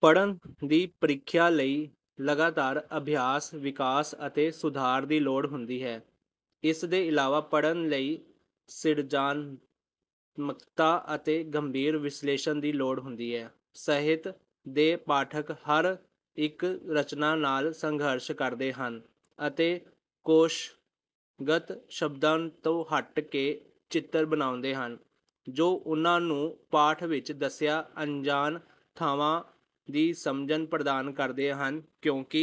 ਪੜ੍ਹਨ ਦੀ ਪ੍ਰੀਖਿਆ ਲਈ ਲਗਾਤਾਰ ਅਭਿਆਸ, ਵਿਕਾਸ ਅਤੇ ਸੁਧਾਰ ਦੀ ਲੋੜ ਹੁੰਦੀ ਹੈ। ਇਸ ਦੇ ਇਲਾਵਾ, ਪੜ੍ਹਨ ਲਈ ਸਿਰਜਣਾਤਮਕਤਾ ਅਤੇ ਗੰਭੀਰ ਵਿਸ਼ਲੇਸ਼ਣ ਦੀ ਲੋੜ ਹੁੰਦੀ ਹੈ। ਸਾਹਿਤ ਦੇ ਪਾਠਕ ਹਰ ਇੱਕ ਰਚਨਾ ਨਾਲ ਸੰਘਰਸ਼ ਕਰਦੇ ਹਨ ਅਤੇ ਕੋਸ਼ਗਤ ਸ਼ਬਦਾਂ ਤੋਂ ਹਟ ਕੇ ਚਿੱਤਰ ਬਣਾਉਂਦੇ ਹਨ, ਜੋ ਉਨ੍ਹਾਂ ਨੂੰ ਪਾਠ ਵਿੱਚ ਦੱਸੀਆਂ ਅਣਜਾਣ ਥਾਵਾਂ ਦੀ ਸਮਝਨ ਪ੍ਰਦਾਨ ਕਰਦੇ ਹਨ। ਕਿਉਂਕਿ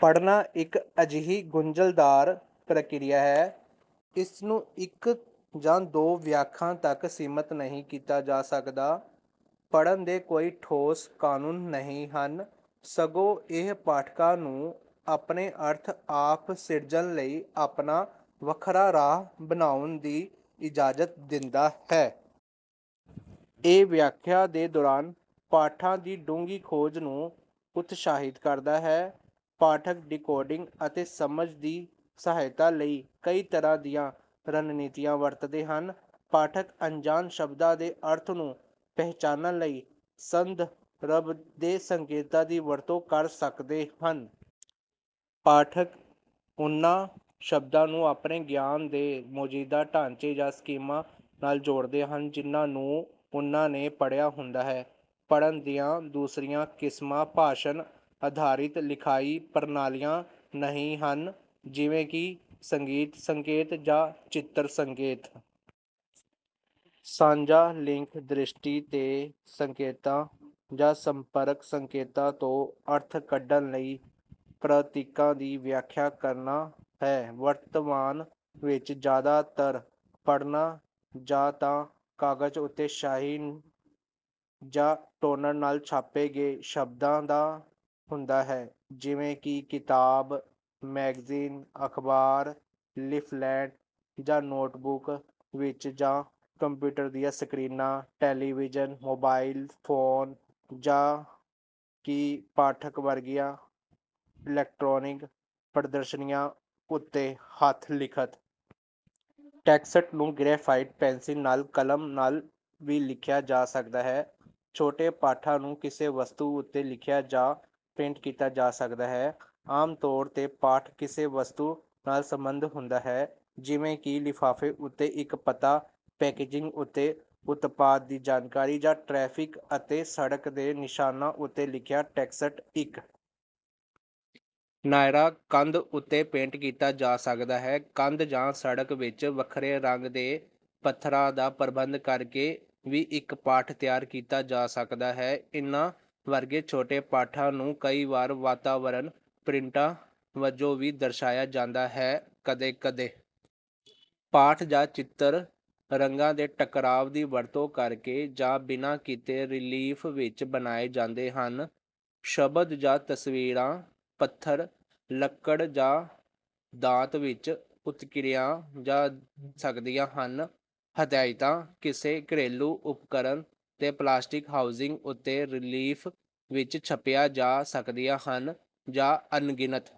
ਪੜ੍ਹਨਾ ਇੱਕ ਅਜਿਹੀ ਗੁੰਝਲਦਾਰ ਪ੍ਰਕਿਰਿਆ ਹੈ, ਇਸ ਨੂੰ ਇੱਕ ਜਾਂ ਦੋ ਵਿਆਖਿਆਵਾਂ ਤੱਕ ਸੀਮਤ ਨਹੀਂ ਕੀਤਾ ਜਾ ਸਕਦਾ। ਪੜ੍ਹਨ ਦੇ ਕੋਈ ਠੋਸ ਕਾਨੂੰਨ ਨਹੀਂ ਹਨ, ਸਗੋਂ ਇਹ ਪਾਠਕਾਂ ਨੂੰ ਆਪਣੇ ਅਰਥ ਆਪ ਸਿਰਜਣ ਲਈ ਆਪਣਾ ਵੱਖਰਾ ਰਾਹ ਬਣਾਉਣ ਦੀ ਇਜਾਜ਼ਤ ਦਿੰਦਾ ਹੈ। ਇਹ ਵਿਆਖਿਆ ਦੇ ਦੌਰਾਨ ਪਾਠਾਂ ਦੀ ਡੂੰਘੀ ਖੋਜ ਨੂੰ ਉਤਸ਼ਾਹਿਤ ਕਰਦਾ ਹੈ। ਪਾਠਕ ਡੀਕੋਡਿੰਗ ਅਤੇ ਸਮਝ ਦੀ ਸਹਾਇਤਾ ਲਈ ਕਈ ਤਰ੍ਹਾਂ ਦੀਆਂ ਰਣਨੀਤੀਆਂ ਵਰਤਦੇ ਹਨ। ਪਾਠਕ ਅਣਜਾਣ ਸ਼ਬਦਾਂ ਦੇ ਅਰਥ ਨੂੰ ਪਹਿਚਾਨਣ ਲਈ ਸੰਦਰਭ ਦੇ ਸੰਕੇਤਾਂ ਦੀ ਵਰਤੋਂ ਕਰ ਸਕਦੇ ਹਨ। ਪਾਠਕ ਉਹਨਾਂ ਸ਼ਬਦਾਂ ਨੂੰ ਆਪਣੇ ਗਿਆਨ ਦੇ ਮੌਜੂਦਾ ਢਾਂਚੇ ਜਾਂ ਸਕੀਮਾ ਨਾਲ ਜੋੜਦੇ ਹਨ, ਜਿਨ੍ਹਾਂ ਨੂੰ ਉਨ੍ਹਾਂ ਨੇ ਪੜ੍ਹਿਆ ਹੁੰਦਾ ਹੈ। ਪੜ੍ਹਨ ਦੀਆਂ ਦੂਸਰੀਆਂ ਕਿਸਮਾਂ ਭਾਸ਼ਣ-ਅਧਾਰਿਤ ਲਿਖਾਈ ਪ੍ਰਣਾਲੀਆਂ ਨਹੀਂ ਹਨ, ਜਿਵੇਂ ਕਿ ਸੰਗੀਤ-ਸੰਕੇਤ ਜਾਂ ਚਿੱਤਰ-ਸੰਕੇਤ। ਸਾਂਝਾ ਲਿੰਕ ਦ੍ਰਿਸ਼ਟੀ ਦੇ ਸੰਕੇਤਾਂ ਜਾਂ ਸੰਪਰਕ ਸੰਕੇਤਾਂ ਤੋਂ ਅਰਥ ਕੱਢਣ ਲਈ ਪ੍ਰਤੀਕਾਂ ਦੀ ਵਿਆਖਿਆ ਕਰਨਾ ਹੈ। ਵਰਤਮਾਨ ਵਿੱਚ ਜ਼ਿਆਦਾਤਰ ਪੜ੍ਹਨਾ ਜਾਂ ਤਾਂ ਕਾਗਜ਼ ਉੱਤੇ ਸਿਆਹੀ ਜਾਂ ਟੋਨਰ ਨਾਲ ਛਾਪੇ ਗਏ ਸ਼ਬਦਾਂ ਦਾ ਹੁੰਦਾ ਹੈ, ਜਿਵੇਂ ਕਿ ਕਿਤਾਬ, ਮੈਗਜ਼ੀਨ, ਅਖ਼ਬਾਰ, ਲੀਫ਼ਲੈਟ ਜਾਂ ਨੋਟਬੁੱਕ ਵਿੱਚ, ਜਾਂ ਕੰਪਿਊਟਰ ਦੀਆਂ ਸਕ੍ਰੀਨਾਂ, ਟੈਲੀਵਿਜ਼ਨ, ਮੋਬਾਈਲ ਫ਼ੋਨ ਜਾਂ ਈ-ਪਾਠਕ ਵਰਗੀਆਂ ਇਲੈਕਟ੍ਰਾਨਿਕ ਪ੍ਰਦਰਸ਼ਨੀਆਂ ਉੱਤੇ। ਹੱਥ-ਲਿਖਤ ਟੈਕਸਟ ਨੂੰ ਗ੍ਰੈਫਾਈਟ ਪੈਨਸਿਲ ਨਾਲ ਕਲਮ ਨਾਲ ਵੀ ਲਿਖਿਆ ਜਾ ਸਕਦਾ ਹੈ। ਛੋਟੇ ਪਾਠਾਂ ਨੂੰ ਕਿਸੇ ਵਸਤੂ ਉੱਤੇ ਲਿਖਿਆ ਜਾਂ ਪੇਂਟ ਕੀਤਾ ਜਾ ਸਕਦਾ ਹੈ। ਆਮ ਤੌਰ ’ਤੇ ਪਾਠ ਕਿਸੇ ਵਸਤੂ ਨਾਲ ਸਬੰਧਤ ਹੁੰਦਾ ਹੈ, ਜਿਵੇਂ ਕਿ ਲਿਫ਼ਾਫ਼ੇ ਉੱਤੇ ਇੱਕ ਪਤਾ, ਪੈਕੇਜਿੰਗ ਉੱਤੇ ਉਤਪਾਦ ਦੀ ਜਾਣਕਾਰੀ, ਜਾਂ ਟ੍ਰੈਫ਼ਿਕ ਅਤੇ ਸੜਕ ਦੇ ਨਿਸ਼ਾਨਾਂ ਉੱਤੇ ਲਿਖਿਆ ਟੈਕਸਟ। ਇੱਕ ਨਾਅਰਾ ਕੰਧ ਉੱਤੇ ਪੇਂਟ ਕੀਤਾ ਜਾ ਸਕਦਾ ਹੈ। ਕੰਧ ਜਾਂ ਸੜਕ ਵਿੱਚ ਵੱਖਰੇ ਰੰਗ ਦੇ ਪੱਥਰਾਂ ਦਾ ਪ੍ਰਬੰਧ ਕਰਕੇ ਵੀ ਇੱਕ ਪਾਠ ਤਿਆਰ ਕੀਤਾ ਜਾ ਸਕਦਾ ਹੈ। ਇਹਨਾਂ ਵਰਗੇ ਛੋਟੇ ਪਾਠਾਂ ਨੂੰ ਕਈ ਵਾਰ ਵਾਤਾਵਰਣਕ ਪ੍ਰਿੰਟਾਂ ਵਜੋਂ ਵੀ ਦਰਸਾਇਆ ਜਾਂਦਾ ਹੈ। ਕਦੇ-ਕਦੇ ਪਾਠ ਜਾਂ ਚਿੱਤਰ ਰੰਗਾਂ ਦੇ ਟਕਰਾਵ ਦੀ ਵਰਤੋਂ ਕਰਕੇ ਜਾਂ ਬਿਨਾਂ ਕੀਤੇ, ਰਿਲੀਫ਼ ਵਿੱਚ ਬਣਾਏ ਜਾਂਦੇ ਹਨ। ਸ਼ਬਦ ਜਾਂ ਤਸਵੀਰਾਂ ਪੱਥਰ, ਲੱਕੜ ਜਾਂ ਧਾਤ ਵਿੱਚ ਉੱਤਕਿਰੀਆਂ ਜਾ ਸਕਦੀਆਂ ਹਨ। ਹਦਾਇਤਾਂ ਕਿਸੇ ਘਰੇਲੂ ਉਪਕਰਣ ਦੇ ਪਲਾਸਟਿਕ ਹਾਊਸਿੰਗ ਉੱਤੇ ਰਿਲੀਫ਼ ਵਿੱਚ ਛਪੀਆਂ ਜਾ ਸਕਦੀਆਂ ਹਨ। ਜਾਂ ਅਣਗਿਣਤ...